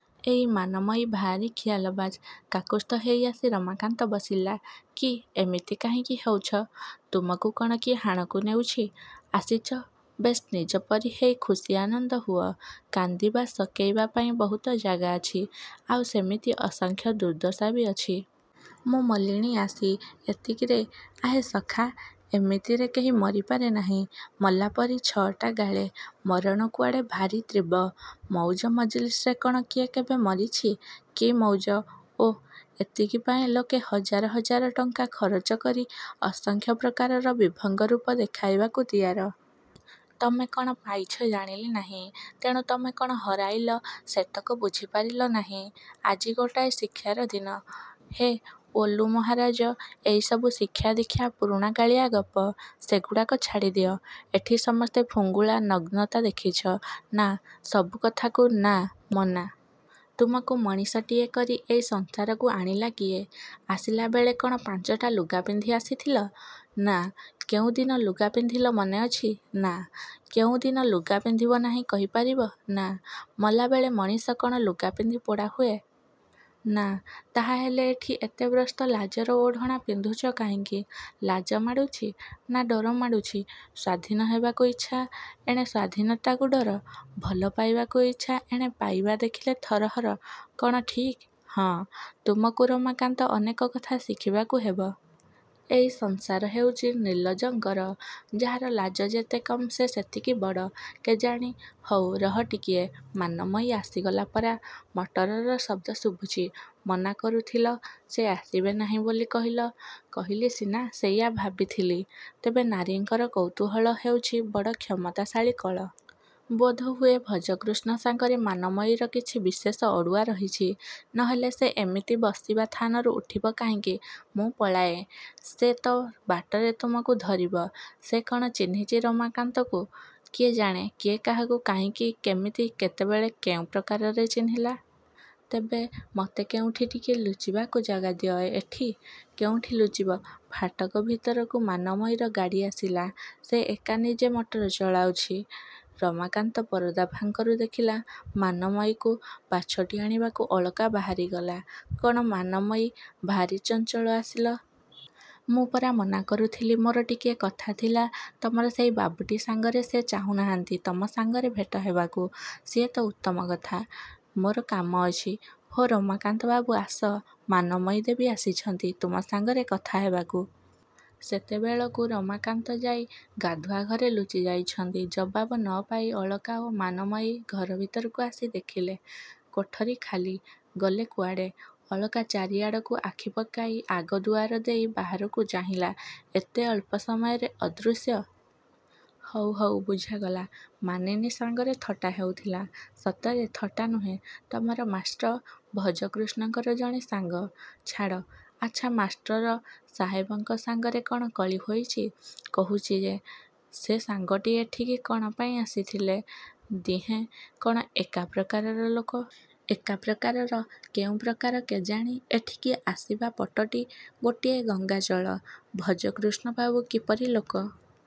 ଏଇ ମାନମୟୀ ଭାରି ଖିଆଲବାଜ୍। କାକୁସ୍ଥ ହେଇ ଆସି ରମାକାନ୍ତ ବସିଲା। -କି, ଏମିତି କାହିଁକି ହଉଛ? ତୁମକୁ କ'ଣ କିଏ ହାଣକୁ ନେଉଛି? ଆସିଛ-ବେଶ୍ ନିଜ ପରି ହେଇ ଖୁସି ଆନନ୍ଦ ହୁଅ। କାନ୍ଦିବା ସକେଇବା ପାଇଁ ବହୁତ ଜାଗା ଅଛି। ଆଉ ସେମିତି ଅସଂଖ୍ୟ ଦୁର୍ଦ୍ଦଶା ବି ଅଛି। -ମୁଁ ମଲିଣି ଆସି। -ଏତିକିରେ? ଆହେ ସଖା, ଏମିତିରେ କେହି ମରିପାରେ ନାହିଁ। ମଲା ପରି ଛଟା ଗାଳେ। ମରଣ କୁଆଡ଼େ ଭାରି ତୀବ୍ର। ମଉଜ ମଜ୍ଲିସରେ କ'ଣ କିଏ କେବେ ମରିଛି? -କି ମଉଜ? -ଓ? ଏତିକି ପାଇଁ ଲୋକେ ହଜାର ହଜାର ଟଙ୍କା ଖରଚ କରି ଅସଂଖ୍ୟ ପ୍ରକାରର ବିଭଙ୍ଗ ରୂପ ଦେଖାଇବାକୁ ତିଆର। ତମେ କ'ଣ ପାଇଛ ଜାଣିଲି ନାହିଁ। ତେଣୁ ତମେ କ'ଣ ହରାଇଲ-ସେତକ ବୁଝି ପାରିଲ ନାହିଁ। -ଆଜି ଗୋଟାଏ ଶିକ୍ଷାର ଦିନ। -ହେ, ଓଲୁ ମହାରାଜ, ଏଇସବୁ ଶିକ୍ଷାଦୀକ୍ଷା ପୁରୁଣା-କାଳିଆ ଗପ। ସେଗୁଡ଼ାକ ଛାଡ଼ିଦିଅ। ଏଠି ସମସ୍ତେ ଫୁଙ୍ଗୁଳା-ନଗ୍ନତା ଦେଖିଛ? -ନା। -ସବୁ କଥାକୁ ନା-ମନା। ତୁମକୁ ମଣିଷଟିଏ କରି ଏଇ ସଂସାରକୁ ଆଣିଲା କିଏ? ଆସିଲା ବେଳେ କ'ଣ ପାଞ୍ଚଟା ଲୁଗା ପିନ୍ଧି ଆସିଥିଲ? -ନା। -କେଉଁଦିନ ଲୁଗା ପିନ୍ଧିଲ ମନେ ଅଛି? -ନା। -କେଉଁଦିନ ଲୁଗା ପିନ୍ଧିବ ନାହିଁ କହି ପାରିବ? -ନା। -ମଲାବେଳେ ମଣିଷ କ'ଣ ଲୁଗା ପିନ୍ଧି ପୋଡ଼ା ହୁଏ। -ନା। -ତାହାହେଲେ ଏଠି ଏତେ ପ୍ରସ୍ତ ଲାଜର ଓଢ଼ଣା ପିନ୍ଧୁଛ କାହିଁକି? -ଲାଜ ମାଡ଼ୁଛି। -ନା, ଡର ମାଡ଼ୁଛି? ସ୍ୱାଧୀନ ହେବାକୁ ଇଚ୍ଛା। ଏଣେ ସ୍ୱାଧୀନତାକୁ ଡର। ଭଲ ପାଇବାକୁ ଇଚ୍ଛା-ଏଣେ ପାଇବା ଦେଖିଲେ ଥରହର। -କ'ଣ ଠିକ୍? -ହଁ। -ତୁମକୁ ରମାକାନ୍ତ, ଅନେକ କଥା ଶିଖିବାକୁ ହେବ। ଏଇ ସଂସାର ହେଉଛି ନିର୍ଲଜଙ୍କର। ଯାହାର ଲାଜ ଯେତେ କମ୍, ସେ ସେତିକି ବଡ଼। -କେଜାଣି। -ହଉ ରହ ଟିକିଏ। ମାନମୟୀ ଆସିଗଲା ପରା। ମଟରର ଶବ୍ଦ ଶୁଭୁଛି। -ମନା କରୁଥିଲ। ସେ ଆସିବେ ନାହିଁ ବୋଲି କହିଲ। -କହିଲି ସିନା। ସେଇଆ ଭାବିଥିଲି। ତେବେ ନାରୀଙ୍କର କୌତୂହଳ ହେଉଛି ବଡ଼ କ୍ଷମତାଶାଳୀ କଳ। ବୋଧହୁଏ ଭଜକୃଷ୍ଣ ସାଙ୍ଗରେ ମାନମୟୀର କିଛି ବିଶେଷ ଅଡ଼ୁଆ ରହିଛି-। ନ ହେଲେ ସେ ଏମିତି ବସିବା ଥାନରୁ ଉଠିବ କାହିଁକି? -ମୁଁ ପଳାଏଁ। -ସେ ତ ବାଟରେ ତୁମକୁ ଧରିବ। -ସେ କ'ଣ ଚିହ୍ନିଛି ରମାକାନ୍ତକୁ? -କିଏ ଜାଣେଁ? କିଏ କାହାକୁ କାହିଁକି କେମିତି କେତେବେଳେ କେଉଁ ପ୍ରକାରରେ ଚିହ୍ନିଲା? -ତେବେ ମତେ କେଉଁଠି ଟିକିଏ ଲୁଚିବାକୁ ଜାଗା ଦିଅ। -ଏଠି? କେଉଁଠି ଲୁଚିବ? -ଫାଟକ ଭିତରକୁ ମାନମୟୀର ଗାଡ଼ି ଆସିଲା-ସେ ଏକା-ନିଜେ ମଟର ଚଳାଉଛି। ରମାକାନ୍ତ ପରଦା ଫାଙ୍କରୁ ଦେଖିଲା। ମାନମୟୀକୁ ପାଛୋଟି ଆଣିବାକୁ ଅଳକା ବାହାରି ଗଲା। -କ'ଣ ମାନମୟୀ? ଭାରି ଚଞ୍ଚଳ ଆସିଲ? ମୁଁ ପରା ମନା କରୁଥିଲି। -ମୋର ଟିକିଏ କଥାଥିଲା। ତମର ସେଇ ବାବୁଟି' ସାଙ୍ଗରେ। -ସେ ଚାହୁଁ ନାହାନ୍ତି ତମ ସାଙ୍ଗରେ ଭେଟ ହେବାକୁ। -ସିଏ ତ ଉତ୍ତମ କଥା। ମୋର କାମ ଅଛି। -ହୋ, ରମାକାନ୍ତବାବୁ, ଆସ। ମାନମୟୀ ଦେବୀ ଆସିଛନ୍ତି ତୁମ ସାଙ୍ଗରେ କଥା ହେବାକୁ। ସେତେବେଳକୁ ରମାକାନ୍ତ ଯାଇ ଗାଧୁଆଘରେ ଲୁଚି ଯାଇଛନ୍ତି। ଜବାବ ନ ପାଇ ଅଳକା ଓ ମାନମୟୀ ଘର ଭିତକୁ ଆସି ଦେଖିଲେ କୋଠରୀ ଖାଲି। -ଗଲେ କୁଆଡ଼େ? -ଅଳକା ଚାରିଆଡ଼କୁ ଆଖି ପକାଇ ଆଗ ଦୁଆର ଦେଇ ବାହାରକୁ ଚାହିଁଲା। ଏତେ ଅଳ୍ପ ସମୟରେ ଅଦୃଶ୍ୟ। -ହଉ, ହଉ ବୁଝାଗଲା। ମାନିନୀ ସାଙ୍ଗରେ ଥଟ୍ଟା ହେଉଥିଲା। -ସତରେ। ଥଟ୍ଟା ନୁହେଁ। ତମର ମାଷ୍ଟ୍ର ଭଜକୃଷ୍ଣଙ୍କର ଜଣେ ସାଙ୍ଗ। -ଛାଡ଼। -ଆଚ୍ଛା, ମାଷ୍ଟର ସାହେବଙ୍କ ସାଙ୍ଗରେ କ'ଣ କଳି ହୋଇଛି? -କହୁଛି ଯେ। ସେ ସାଙ୍ଗଟି ଏଠିକି କ'ଣ ପାଇଁ ଆସିଥିଲେ? ଦିହେଁ କ'ଣ ଏକା ପ୍ରକାରର ଲୋକ? -ଏକା ପ୍ରକାରର? କେଉଁ ପ୍ରକାର କେଜାଣି? ଏଠିକି ଆସିବା ପଟଟି ଗୋଟିଏ-ଗଙ୍ଗାଜଳ। ଭଜକୃଷ୍ଣବାବୁ କିପରି ଲୋକ?